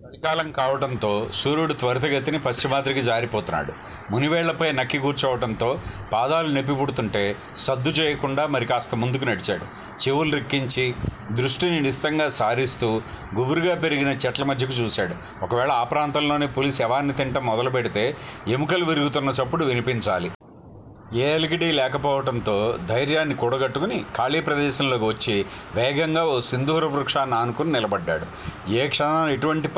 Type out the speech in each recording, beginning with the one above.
చలికాలం కావటంతో సూర్యుడు త్వరితగతిని పశ్చిమాద్రికి జారిపోతున్నాడు. మునివేళ్ళపై నక్కికూచోవడంతో పాదాలు నొప్పిపుడుతుంటే సదుచేయకుండా మరి కాస్త ముందుకు నడిచాడు. చెవులు రిక్కించి, దృష్టిని నిశితంగా సారిస్తూ గుబురుగా పెరిగిన చెట్లమధ్యకు చూశాడు. ఒకవేళ ఆ ప్రాంతంలోనే పులి శవాన్ని తినడం మొదలుపెడితే ఎముకలు విరుగుతున్న చప్పుడు వినిపించాలి. ఏ అలికిడీ లేకపోవడంతో, దైర్యాన్ని కూడగట్టుకుని ఖాళీ ప్రదేశంలోకి వచ్చి వేగంగా ఓ సింధూర వృక్షాన్ని ఆనుకుని నిలబడ్డాడు. ఏ క్షణాన ఎటువంటి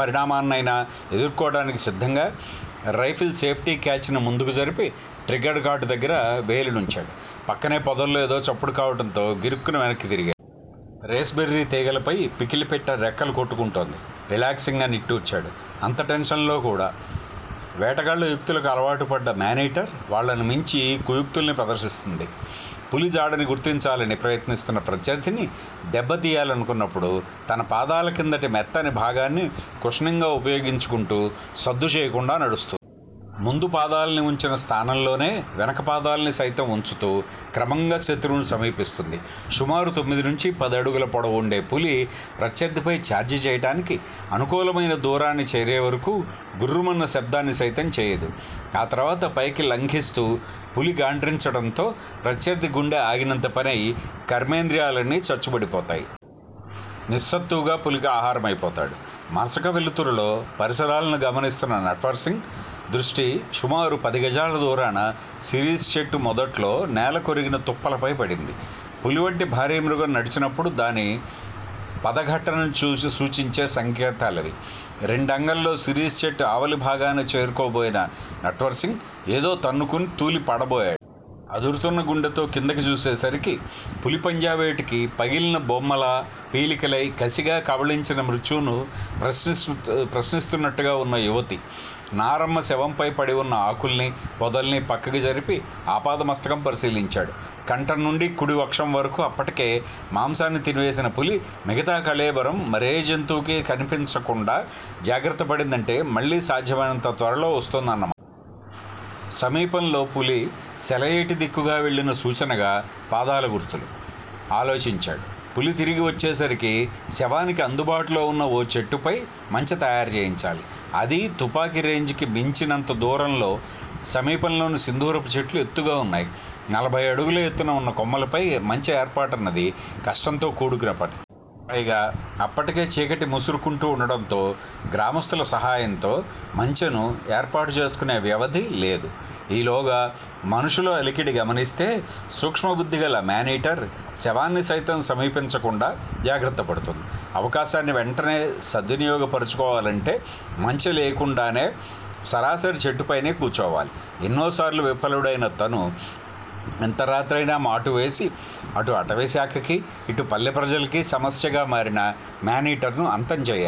పరిణామాన్నయినా ఎదుర్కోడానికి సిద్ధంగా రైఫిల్ సేప్టీ కాచ్ ను ముందుకు జరిపి ట్రిగ్గర్ గార్డు దగ్గర వేలినుంచాడు. పక్కనే పొదల్లో ఏదో చప్పుడు కావడంతో గిరుక్కున వెనక్కి తిరిగాడు. రేస్ బెర్రీ తీగలపై పికిలిపిట్ట రెక్కలు కొట్టుకుంటోంది. రిలాక్సింగ్ గా నిట్టూర్చాడు. అంత టెన్షన్ లో కూడా! వేటగాళ్ళ యుక్తులకు అలవాటుపడ్డ మేనీటర్ వాళ్ళను మించి కుయుక్తుల్ని ప్రదర్శిస్తుంది. పులి జాడని గుర్తించాలని ప్రయత్నిస్తున్న ప్రత్యర్థిని దెబ్బ తీయాలనుకున్నపుడు తన పాదాల క్రిందని మెత్తని భాగాన్ని కుషనింగ్ గా ఉపయోగించుకుంటూ సద్దుచేయకుండా నడుస్తుంది. ముందు పాదాల్ని ఉంచిన స్థానంలోనే వెనక పాదాల్ని సైతం ఉంచుతూ క్రమంగా శతృవును సమీపిస్తుంది. సుమారు తొమ్మిది నుంచీ పది అడుగుల పొడవుండే పులి ప్రత్యర్ధిపై ఛార్జిచేయడానికి అనుకూలమైన దూరాన్ని చేరేవరకూ గుర్రుమన్న శబ్దాన్ని సైతం చేయదు. ఆ తర్వాత పైకి లంఘింస్తూ పులి గాండ్రించడంతో ప్రత్యర్ధి గుండె ఆగినంతపనై కర్మేంద్రియాలన్నీ చచ్చుపడిపోతాయి. నిస్సత్తువగా పులికి ఆహారమైపోతాడు. మసక వెలుతురులో పరిసరాలను గమనిస్తున్న నట్వర్ సింగ్ దృష్టి సుమారు పది గజాల దూరాన సిరీస్ చెట్టుమొదట్లో నేలకొరిగిన తుప్పలపై పడింది. పులివంటి భారీ మృగం నడిచినపుడు దాని పదగట్టణం సూచించే సంకేతాలవి. రెండు అంగల్లో సిరీస్ చెట్టు ఆవలి భాగాన చేరుకోబోయిన నట్వర్ సింగ్ ఏదో తన్నుకుని తూలి పడబోయాడు. అదురుతున్న గుండెతో క్రిందికి చూసేసరికి__ పులి పంజా వేటుకి పగిలిన బొమ్మలా పీలికలై కసిగా కబళించిన మృత్యువును ప్రశ్నిస్తున్నట్టుగా ఉన్న యువతి. నారమ్మ శవంపై పడి వున్న ఆకుల్ని, పొదల్ని పక్కకు జరిపి ఆపాదమస్తకం పరిశీలించాడు. కంఠం నుంచి కుడి వక్షం వరకూ అప్పటికే మాంసాన్ని తిని వేసిన పులి_మిగతా కళేబరం మరే జంతువుకీ కనిపించకుండా జాగ్రత్త పడిందంటే మళ్ళీ సాధ్యమైనంత త్వరలో వస్తుందన్నమాట. సమీపంలో పులి సెలయేటి దిక్కుగా వెళ్ళిన సూచనగా పాదాల గుర్తులు. ఆలోచించాడు. పులి తిరిగి వచ్చేసరికి శవానికి అందుబాటులో వున్న ఓ చెట్టుపై మంచె తయారు చేయించాలి _అదీ తుపాకి రేంజ్ కు మించినంత దూరంలో సమీపంలోని సింధూరపు చెట్లు ఎత్తుగా వున్నాయి. నలభై అడుగుల యెత్తున ఉన్న కొమ్మలపై మంచె ఏర్పాటున్నది కష్టంతో కూడుకున్నపని. పైగా అప్పటికే చీకటి ముసురుకుంటూ ఉండటంతో గ్రామస్థుల సహాయంతో మంచెను ఏర్పాటు చేసుకునే వ్యవధి లేదు. ఈలోగా మనుషుల అలికిడి గమనిస్తే సూక్ష్మబుద్ధిగల మేనీటర్ శవాన్ని సైతం సమీపించకుండా జాగ్రత్త పడుతుంది. అవకాశాన్ని వెంటనే సద్వినియోగ పరచుకోవాలంటే మంచె లేకుండానే సరాసరి చెట్టుపయినే కూచోవాలి. ఎన్నోసార్లు విఫలుడైన తను ఎంత రాత్రయినా మాటువేసి అటు అటవీశాఖకి, ఇటు పల్లె ప్రజలకి సమస్యగా మారిన మేనీటర్ ను అంతం చేయాలి.